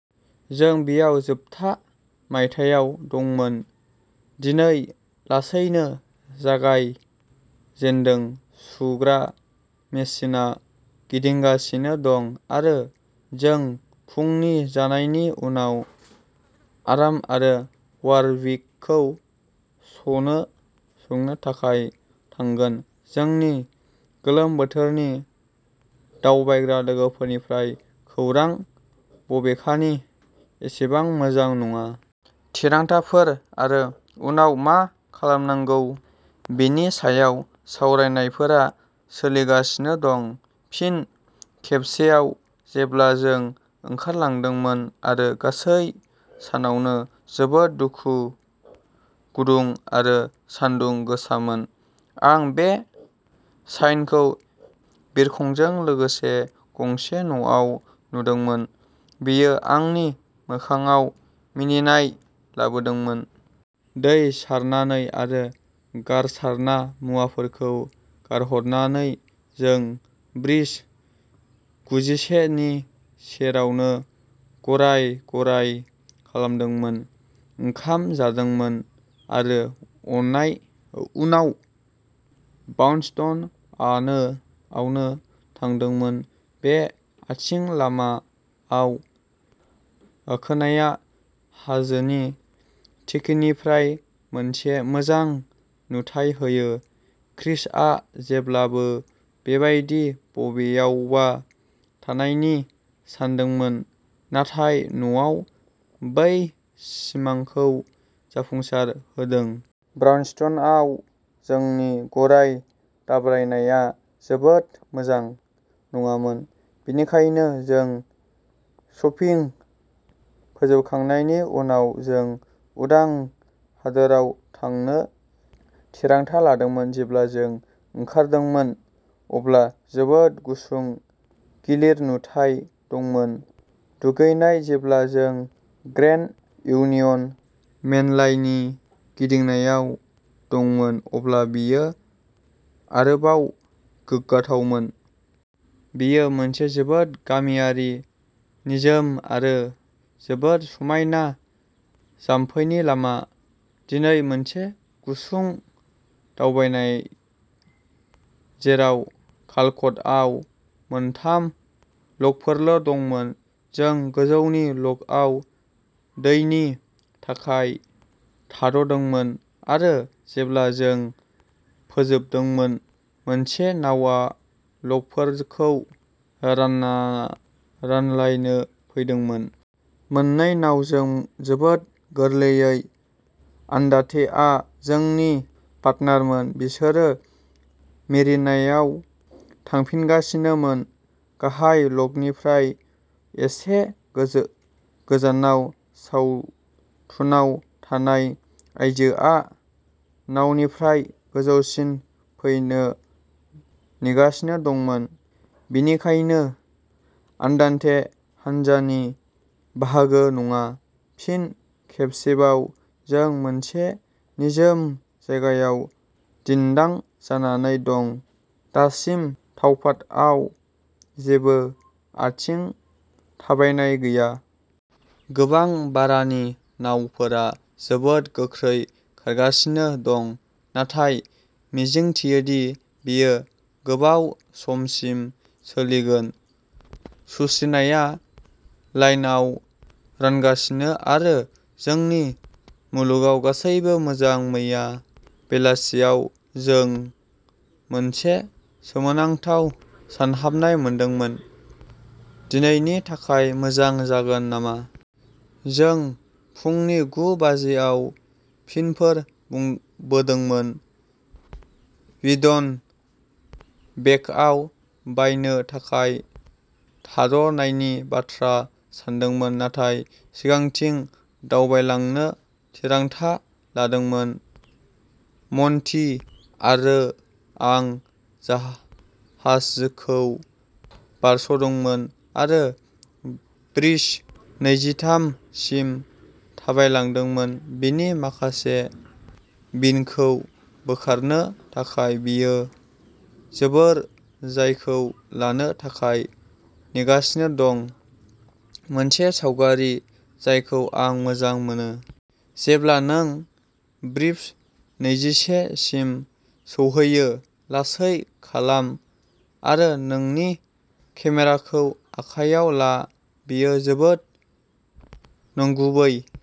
जों बेयाव जोबथा मायथाइयाव दंमोन दिनै लासैनो जागाय जेनदों सुग्रा मेसिनआ गिदिंगासिनो दं आरो जों फुंनि जानायनि उनाव आर्म आरो वारविकखौ संनो थाखाय थांगोन। जोंनि गोलोम बोथोरनि दावबायग्रा लोगोफोरनिफ्राय खौरां बबेखानि एसेबां मोजां नङा। थिरांथाफोर आरो उनाव मा खालामनांगौ बेनि सायाव सावरायनायफोरा सोलिगासिनो दं। फिन खेबसेबाव जेब्ला जों ओंखारलांदोंमोन आरो गासै सानावनो जोबोद गुदुं आरो सान्दुं गोसामोन। आं बे साइनखौ बिरखंजों लोगोसे गंसे न'आव नुदोंमोन बेयो आंनि मोखांआव मिनिनाय लाबोदोंमोन। दै सारनानै आरो गारनाय मुवाफोरखौ गारहरनानै जों ब्रिज गुजिसे नि सेरावनो गराय-गराय खालामदोंमोन, ओंखाम जादोंमोन आरो उनाव ब्राउनस्टनआवनो थांदोंमोन। बे आथिं लामा आव गाखोनाया हाजोनि थिखिनिनिफ्राय मोनसे मोजां नुथाय होयो। क्रिसआ जेब्लाबो बेबादि बबेयावबा थानायनि सानदोंमोन नाथाय नावआ बै सिमांखौ जाफुंसार होदों ब्राउनस्टनआव जोंनि गराय दाब्रायनाया जोबोद मोजां नङामोन, बेनिखायनो जों शपिं फोजोबखांनायनि उनाव जों उदां हादोराव थांनो थिरांथा लादोंमोन। जेब्ला जों ओंखारदोंमोन अब्ला जोबोद गुसुं गिलिर नुथाय दंमोन। दुगैनाय। जेब्ला जों ग्रेन्ड इउनियन मेनलाइननि गिदिंनायाव दंमोन अब्ला बेयो आरोबाव गोग्गाथावमोन। बेयो मोनसे जोबोद गामियारि निजोम आरो जोबोद समायना जाम्फैनि लामा। दिनै मोनसे गुसुं दावबायनाय जेराव कालकटआव मोनथाम ल'कफोरल'दंमोन। जों गोजौनि ल'कआव दैनि थाखाय थाद'दोंमोन आरो जेब्ला जों फोजोबदोंमोन मोनसे नावआ ल'कफोरखौ रानलायनो फैदोंमोन। मोननै नावजों जोबोद गोरलै। आन्दान्तेआ जोंनि पार्टनारमोन बिसोरो मेरिनायाव थांफिनगासिनोमोन गाहाय ल'कनिफ्राय एसे गोजानाव। सावथुनाव थानाय आइजोआ नावनिफ्राय गोजौसिम फैनो नेगासिनो दंमोन बेनिखायनो आन्दान्ते हान्जानि बाहागो नङा। फिन खेबसेबाव जों मोनसे निजोम जायगायाव दिन्दां जानानै दं दासिम तावपाथआव जेबो आथिं थाबायनाय गैया। गोबां भारानि नावफोरा जोबोद गोख्रै खारगासिनो दं नाथाय मिजिंथियो दि बेयो गोबाव समसिम सोलिगोन। सुस्रिनाया लाइनआव रानगासिनो आरो जोंनि मुलुगाव गासैबो मोजां। मैया बेलासियाव जों मोनसे सोमोनांथाव सानहाबनाय मोनदोंमोन। दिनैनि थाखाय मोजां जागोन नामा? जों फुंनि गु बाजिआव पिनफोर बोदोंमोन वीडन बेकआव बायनो थाखाय थाद'नायनि बाथ्रा सानदोंमोन नाथाय सिगांथिं दावगालांनो थिरांथा लादोंमोन। मन्टि आरो आं जाहाजखौ बारस'दोंमोन आरो ब्रिज नैजिथाम सिम थाबायलांदोंमोन बिनि माखासे'बिन'खौ बोखारनो थाखाय। बेयो जोंफोर जायखौ लानो थाखाय नेगासिनो दं मोनसे सावगारि जायखौ आं मोजां मोनो। जेब्ला नों ब्रिज नैजिसे सिम सौहैयो लासै खालाम आरो नोंनि केमेराखौ आखायाव ला। बेयो जोबोद नंगुबै ।